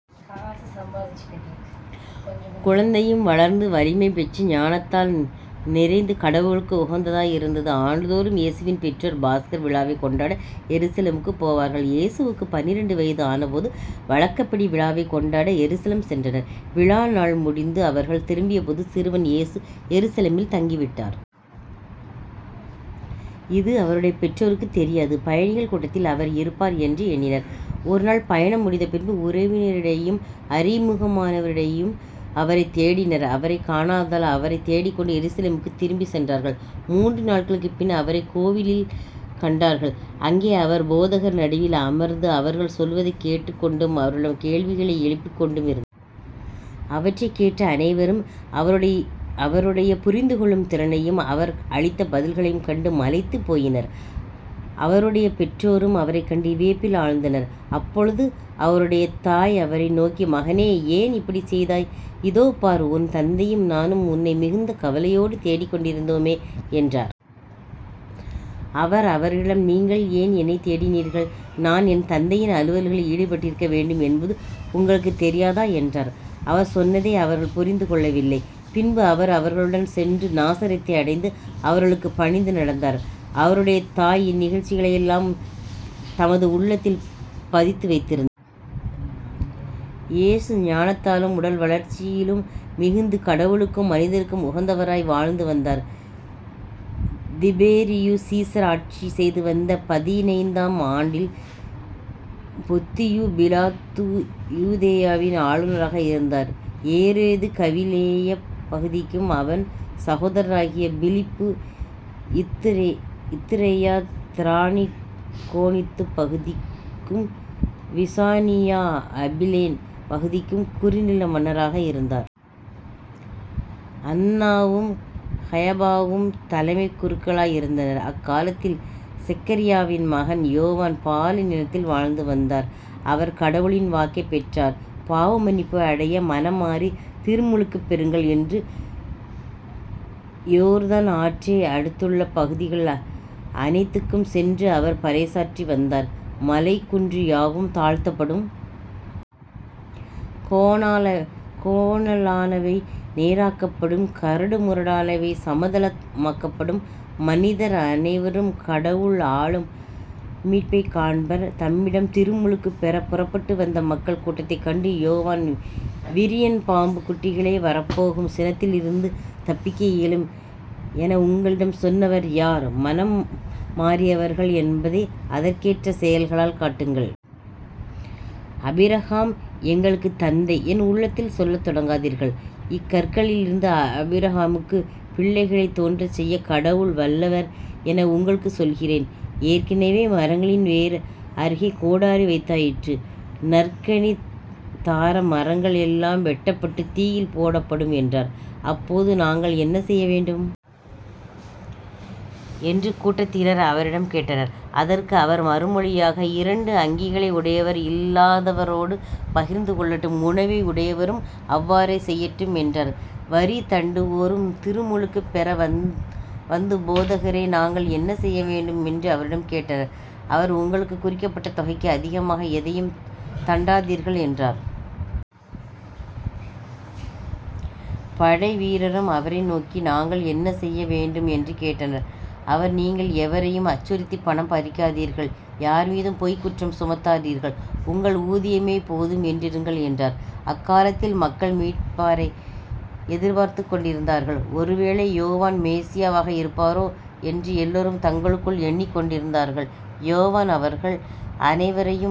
குழந்தையும் வளர்ந்து வலிமை பெற்று ஞானத்தால் நிறைந்து கடவுளுக்கு உகந்ததாய் இருந்தது. ஆண்டுதோறும் இயேசுவின் பெற்றோர் பாஸ்கா விழாவைக் கொண்டாட எருசலேமுக்குப் போவார்கள் இயேசுவுக்குப் பன்னிரண்டு வயது ஆனபோது வழக்கப்படி விழாவைக் கொண்டாட எருசலேம் சென்றனர். விழா நாள்கள் முடிந்து அவர்கள் திரும்பியபோது சிறுவன் இயேசு எருசலேமில் தங்கிவிட்டார். இது அவருடைய பெற்றோருக்குத் தெரியாது. பயணிகள் கூட்டத்தில் அவர் இருப்பார் என்று எண்ணினர். ஒருநாள் பயணம் முடிந்தபின்பு உறவினரிடையேயும் அறிமுகமானவர்களிடையேயும் அவரைத் தேடினர் அவரைக் காணாததால் அவரைத் தேடிக்கொண்டு எருசலேமுக்குத் திரும்பிச் சென்றார்கள். மூன்று நாள்களுக்குப்பின் அவரைக் கோவிலில் கண்டார்கள். அங்கே அவர் போதகர்கள் நடுவில் அமர்ந்து அவர்கள் சொல்வதைக் கேட்டுக் கொண்டும் அவர்களிடம் கேள்விகளை எழுப்பிக் கொண்டுமிருந்தார். அவற்றைக் கேட்ட அனைவரும் அவருடைய புரிந்து கொள்ளும் திறனையும் அவர் அளித்த பதில்களையும் கண்டு மலைத்துப் போயினர். அவருடைய பெற்றோரும் அவரைக் கண்டு வியப்பில் ஆழ்ந்தனர். அப்பொழுது அவருடைய தாய் அவரை நோக்கி மகனே ஏன் இப்படிச் செய்தாய்? இதோ பார் உன் தந்தையும் நானும் உன்னை மிகுந்த கவலையோடு தேடிக்கொண்டிருந்தோமே என்றார். அவர் அவர்களிடம் நீங்கள் ஏன் என்னைத் தேடினீர்கள்? நான் என் தந்தையின் அலுவல்களில் ஈடுபட்டிருக்க வேண்டும் என்பது உங்களுக்குத் தெரியாதா? என்றார். அவர் சொன்னதை அவர்கள் புரிந்து கொள்ளவில்லை. பின்பு அவர் அவர்களுடன் சென்று நாசரேத்தை அடைந்து அவர்களுக்குப் பணிந்து நடந்தார். அவருடைய தாய் இந்நிகழ்ச்சிகளையெல்லாம் தமது உள்ளத்தில் பதித்து வைத்திருந்தார். இயேசு ஞானத்திலும் உடல்வளர்ச்சியிலும் மிகுந்து கடவுளுக்கும் மனிதருக்கும் உகந்தவராய் வாழ்ந்து வந்தார். திபேரியு சீசர் ஆட்சி செய்துவந்த பதினைந்தாம் ஆண்டில் பொத்தியு பிலாத்து யூதேயாவின் ஆளுநராக இருந்தார். ஏரோது கலிலேயப் பகுதிக்கும் அவன் சகோதரராகிய பிலிப்பு இத்துரேயா திராகோனித்துப் பகுதிகளுக்கும் லிசானியா அபிலேன் பகுதிக்கும் குறுநில மன்னர்களாக இருந்தனர். அன்னாவும் கயபாவும் தலைமைக் குருக்களாய் இருந்தனர். அக்காலத்தில் செக்கரியாவின் மகன் யோவான் பாலைநிலத்தில் வாழ்ந்து வந்தார். அவர் கடவுளின் வாக்கைப் பெற்றார். பாவமன்னிப்பு அடைய மனம்மாறித் திருமுழுக்குப் பெறுங்கள் என்று யோர்தான் ஆற்றை அடுத்துள்ள பகுதிகள் அனைத்துக்கும் சென்று அவர் பறைசாற்றிவந்தார். மலை குன்று யாவும் தாழ்த்தப்படும். கோணலானவை நேராக்கப்படும். கரடு முரடானவை சமதளமாக்கப்படும். மனிதர் அனைவரும் கடவுள் அருளும் மீட்பைக் காண்பர். தம்மிடம் திருமுழுக்குப் பெறப் புறப்பட்டு வந்த மக்கள் கூட்டத்தைக் கண்டு யோவான் விரியன் பாம்புக் குட்டிகளே வரப்போகும் சினத்திலிருந்து தப்பிக்க இயலும் என உங்களிடம் சொன்னவர் யார்? மனம் மாறியவர்கள் என்பதை அதற்கேற்ற செயல்களால் காட்டுங்கள். ஆபிரகாம் எங்களுக்குத் தந்தை என உள்ளத்தில் சொல்லத் தொடங்காதீர்கள். இக்கற்களிலிருந்தும் ஆபிரகாமுக்குப் பிள்ளைகளைத் தோன்றச் செய்யக் கடவுள் வல்லவர் என உங்களுக்குச் சொல்கிறேன். ஏற்கெனவே மரங்களின் வேர் அருகே கோடரி வைத்தாயிற்று. நற்கனி தார மரங்கள் எல்லாம் வெட்டப்பட்டுத் தீயில் போடப்படும் என்றார். அப்போது நாங்கள் என்ன செய்ய வேண்டும்? என்று கூட்டத்தினர் அவரிடம் கேட்டனர். அதற்கு அவர் மறுமொழியாக இரண்டு அங்கிகளை உடையவர் இல்லாதவரோடு பகிர்ந்து கொள்ளட்டும். உணவை உடையவரும் அவ்வாறே செய்யட்டும் என்றார். வரி தண்டுவோரும் திருமுழுக்குப் பெற வந்து போதகரே நாங்கள் என்ன செய்யவேண்டும்? என்று அவரிடம் கேட்டனர். அவர் உங்களுக்குக் குறிக்கப்பட்ட தொகைக்கு அதிகமாக எதையும் தண்டாதீர்கள் என்றார். படைவீரரும் அவரை நோக்கி நாங்கள் என்ன செய்ய வேண்டும்? என்று கேட்டனர். அவர் நீங்கள் எவரையும் அச்சுறுத்திப் பணம் பறிக்காதீர்கள். யார்மீதும் பொய்க் குற்றம் சுமத்தாதீர்கள். உங்கள் ஊதியமே போதும் என்றிருங்கள் என்றார். அக்காலத்தில் மக்கள் மீட்பரை எதிர்பார்த்துக் கொண்டிருந்தார்கள். ஒருவேளை யோவான் மெசியாவாக இருப்பாரோ என்று எல்லாரும் தங்களுக்குள் எண்ணிக்கொண்டிருந்தார்கள். யோவான் அவர்கள் அனைவரையும்